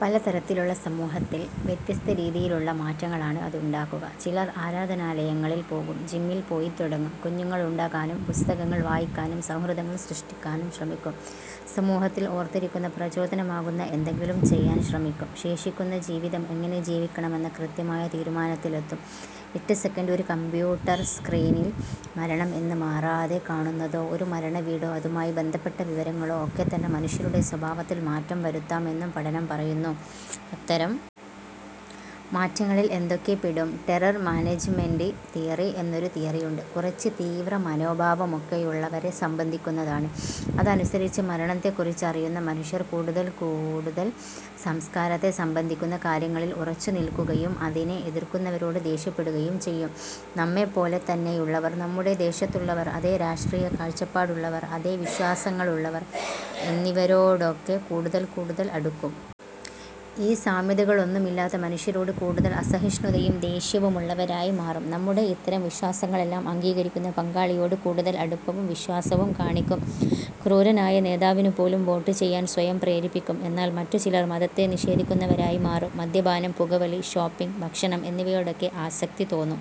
പലതരത്തിലുള്ള സമൂഹത്തിൽ വ്യത്യസ്തരീതിയിലുള്ള മാറ്റങ്ങളാണ് അതുണ്ടാക്കുക. ചിലർ ആരാധനാലയങ്ങളിൽ പോകും, ജിമ്മിൽ പോയിത്തുടങ്ങും, കുഞ്ഞുങ്ങളുണ്ടാകാനും പുസ്തകങ്ങൾ വായിക്കാനും സൗഹൃദങ്ങൾ സൃഷ്ടിക്കാനും ശ്രമിക്കും. സമൂഹത്തിൽ ഓർത്തിരിക്കുന്ന, പ്രചോദനമാകുന്ന എന്തെങ്കിലും ചെയ്യാൻ ശ്രമിക്കും. ശേഷിക്കുന്ന ജീവിതം എങ്ങനെ ജീവിക്കണമെന്ന കൃത്യമായ തീരുമാനത്തിലെത്തും. എട്ട് സെക്കൻഡ് ഒരു കമ്പ്യൂട്ടർ സ്ക്രീനിൽ മരണം എന്ന് മാറാതെ കാണുന്നതോ, ഒരു മരണവീടോ അതുമായി ബന്ധപ്പെട്ട വിവരങ്ങളോ ഒക്കെത്തന്നെ മനുഷ്യരുടെ സ്വഭാവത്തിൽ മാറ്റം വരുത്താമെന്നും പഠനം പറയുന്നു. അത്തരം മാറ്റങ്ങളിൽ എന്തൊക്കെ പെടും. ടെറർ മാനേജ്മെന്റ് തിയറി എന്നൊരു തിയറിയുണ്ട്. കുറച്ച് തീവ്രമനോഭാവമൊക്കെയുള്ളവരെ സംബന്ധിക്കുന്നതാണ്. അതനുസരിച്ച് മരണത്തെക്കുറിച്ചറിയുന്ന മനുഷ്യർ കൂടുതൽ കൂടുതൽ സംസ്കാരത്തെ സംബന്ധിക്കുന്ന കാര്യങ്ങളിൽ ഉറച്ചുനിൽക്കുകയും അതിനെ എതിർക്കുന്നവരോട് ദേഷ്യപ്പെടുകയും ചെയ്യും. നമ്മെപ്പോലെത്തന്നെയുള്ളവർ, നമ്മുടെ ദേശത്തുള്ളവർ, അതേ രാഷ്ട്രീയ കാഴ്ചപ്പാടുള്ളവർ, അതേ വിശ്വാസങ്ങളുള്ളവർ എന്നിവരോടൊക്കെ കൂടുതൽ കൂടുതൽ അടുക്കും. ഈ സാമ്യതകളൊന്നുമില്ലാത്ത മനുഷ്യരോട് കൂടുതൽ അസഹിഷ്ണുതയും ദേഷ്യവുമുള്ളവരായി മാറും. നമ്മുടെ ഇത്തരം വിശ്വാസങ്ങളെല്ലാം അംഗീകരിക്കുന്ന പങ്കാളിയോട് കൂടുതൽ അടുപ്പവും വിശ്വാസവും കാണിക്കും. ക്രൂരനായ നേതാവിനു പോലും വോട്ട് ചെയ്യാൻ സ്വയം പ്രേരിപ്പിക്കും. എന്നാൽ മറ്റുചിലർ മതത്തെ നിഷേധിക്കുന്നവരായി മാറും. മദ്യപാനം, പുകവലി, ഷോപ്പിങ്, ഭക്ഷണം എന്നിവയോടൊക്കെ ആസക്തി തോന്നും.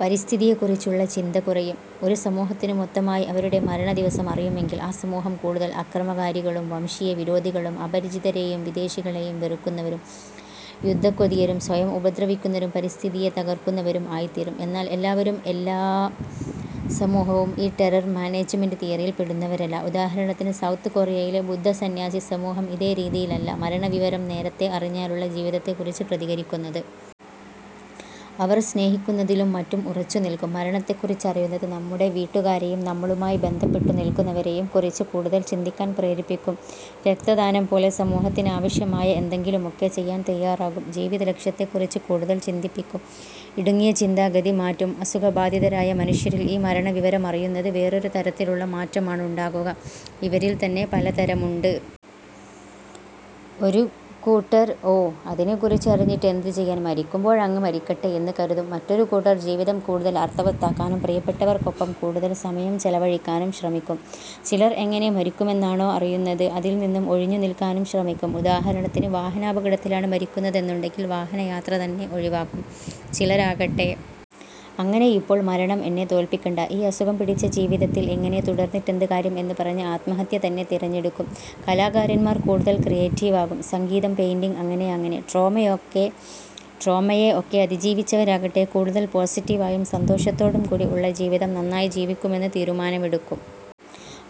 പരിസ്ഥിതിയെക്കുറിച്ചുള്ള ചിന്ത കുറയും. ഒരു സമൂഹത്തിന് മൊത്തമായി അവരുടെ മരണദിവസമറിയുമെങ്കിൽ ആ സമൂഹം കൂടുതൽ അക്രമകാരികളും വംശീയവിരോധികളും അപരിചിതരെയും വിദേശികളെയും വെറുക്കുന്നവരും യുദ്ധക്കൊതിയരും സ്വയം ഉപദ്രവിക്കുന്നവരും പരിസ്ഥിതിയെ തകർക്കുന്നവരും ആയിത്തീരും. എന്നാൽ എല്ലാവരും, എല്ലാ സമൂഹവും ഈ ടെറർ മാനേജ്മെന്റ് തിയറിയിൽ പെടുന്നവരല്ല. ഉദാഹരണത്തിന്, സൗത്ത് കൊറിയയിലെ ബുദ്ധ സന്യാസി സമൂഹം ഇതേ രീതിയിലല്ല മരണവിവരം നേരത്തെ അറിഞ്ഞാലുള്ള ജീവിതത്തെക്കുറിച്ച് പ്രതികരിക്കുന്നത്. അവർ സ്നേഹിക്കുന്നതിലും മറ്റും ഉറച്ചുനിൽക്കും. മരണത്തെക്കുറിച്ചറിയുന്നത് നമ്മുടെ വീട്ടുകാരെയും നമ്മളുമായി ബന്ധപ്പെട്ടുനിൽക്കുന്നവരെയും കുറിച്ച് കൂടുതൽ ചിന്തിക്കാൻ പ്രേരിപ്പിക്കും. രക്തദാനം പോലെ സമൂഹത്തിനാവശ്യമായ എന്തെങ്കിലുമൊക്കെ ചെയ്യാൻ തയ്യാറാകും. ജീവിതലക്ഷ്യത്തെക്കുറിച്ച് കൂടുതൽ ചിന്തിപ്പിക്കും. ഇടുങ്ങിയ ചിന്താഗതി മാറ്റും. അസുഖബാധിതരായ മനുഷ്യരിൽ ഈ മരണവിവരമറിയുന്നത് വേറൊരു തരത്തിലുള്ള മാറ്റമാണുണ്ടാക്കുക. ഇവരിൽ തന്നെ പലതരമുണ്ട്. ഒരു കൂട്ടർ ഓ, അതിനെക്കുറിച്ച് അറിഞ്ഞിട്ട് എന്ത് ചെയ്യാൻ, മരിക്കുമ്പോഴങ്ങ് മരിക്കട്ടെ എന്ന് കരുതും. മറ്റൊരു കൂട്ടർ ജീവിതം കൂടുതൽ അർഥവത്താക്കാനും പ്രിയപ്പെട്ടവർക്കൊപ്പം കൂടുതൽ സമയം ചെലവഴിക്കാനും ശ്രമിക്കും. ചിലർ എങ്ങനെ മരിക്കുമെന്നാണോ അറിയുന്നത്, അതിൽനിന്നും ഒഴിഞ്ഞുനിൽക്കാനും ശ്രമിക്കും. ഉദാഹരണത്തിന്, വാഹനാപകടത്തിലാണ് മരിക്കുന്നതെന്നുണ്ടെങ്കിൽ വാഹനയാത്ര തന്നെ ഒഴിവാക്കും. ചിലരാകട്ടെ, അങ്ങനെയിപ്പോൾ മരണം എന്നെ തോൽപ്പിക്കണ്ട. ഈ അസുഖം പിടിച്ച ജീവിതത്തിൽ ഇങ്ങനെ തുടർന്നിട്ടെന്ത് കാര്യം എന്ന് പറഞ്ഞ് ആത്മഹത്യ തന്നെ തിരഞ്ഞെടുക്കും. കലാകാരന്മാർ കൂടുതൽ ക്രിയേറ്റീവാകും. സംഗീതം, പെയിന്റിങ് അങ്ങനെ അങ്ങനെ. ട്രോമയെ ഒക്കെ അതിജീവിച്ചവരാകട്ടെ കൂടുതൽ പോസിറ്റീവായും സന്തോഷത്തോടും കൂടി ഉള്ള ജീവിതം നന്നായി ജീവിക്കുമെന്ന് തീരുമാനമെടുക്കും.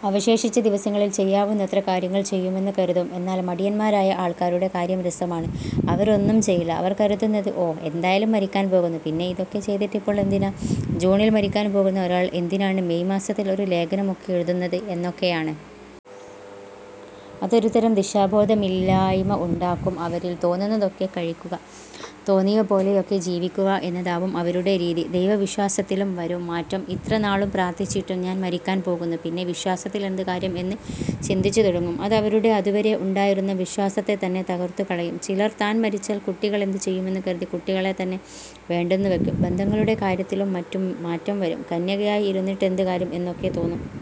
അവശേഷിച്ച ദിവസങ്ങളിൽ ചെയ്യാവുന്നത്ര കാര്യങ്ങൾ ചെയ്യുമെന്ന് കരുതും. എന്നാൽ മടിയന്മാരായ ആൾക്കാരുടെ കാര്യം രസമാണ്. അവരൊന്നും ചെയ്യില്ല. അവർ കരുതുന്നത്, ഓഹ്, എന്തായാലും മരിക്കാൻ പോകുന്നു. പിന്നെ ഇതൊക്കെ ചെയ്തിട്ടിപ്പോൾ എന്തിനാ. ജൂണിൽ മരിക്കാൻ പോകുന്ന ഒരാൾ എന്തിനാണ് മേയ് മാസത്തിൽ ഒരു ലേഖനമൊക്കെ എഴുതുന്നത് എന്നൊക്കെയാണ്. അതൊരുതരം ദിശാബോധമില്ലായ്മ ഉണ്ടാക്കും അവരിൽ. തോന്നുന്നതൊക്കെ കഴിക്കുക, തോന്നിയപോലെയൊക്കെ ജീവിക്കുക എന്നതാവും അവരുടെ രീതി. ദൈവവിശ്വാസത്തിലും വരും മാറ്റം. ഇത്രനാളും പ്രാർഥിച്ചിട്ടും ഞാൻ മരിക്കാൻ പോകുന്നു. പിന്നെ വിശ്വാസത്തിലെന്ത് കാര്യം എന്ന് ചിന്തിച്ചുതുടങ്ങും. അതവരുടെ അതുവരെ ഉണ്ടായിരുന്ന വിശ്വാസത്തെത്തന്നെ തകർത്തുകളയും. ചിലർ താൻ മരിച്ചാൽ കുട്ടികളെന്ത് ചെയ്യുമെന്ന് കരുതി കുട്ടികളെ തന്നെ വേണ്ടെന്നുവയ്ക്കും. ബന്ധങ്ങളുടെ കാര്യത്തിലും മാറ്റം വരും. കന്യകയായി ഇരുന്നിട്ടെന്ത് കാര്യം എന്നൊക്കെ തോന്നും.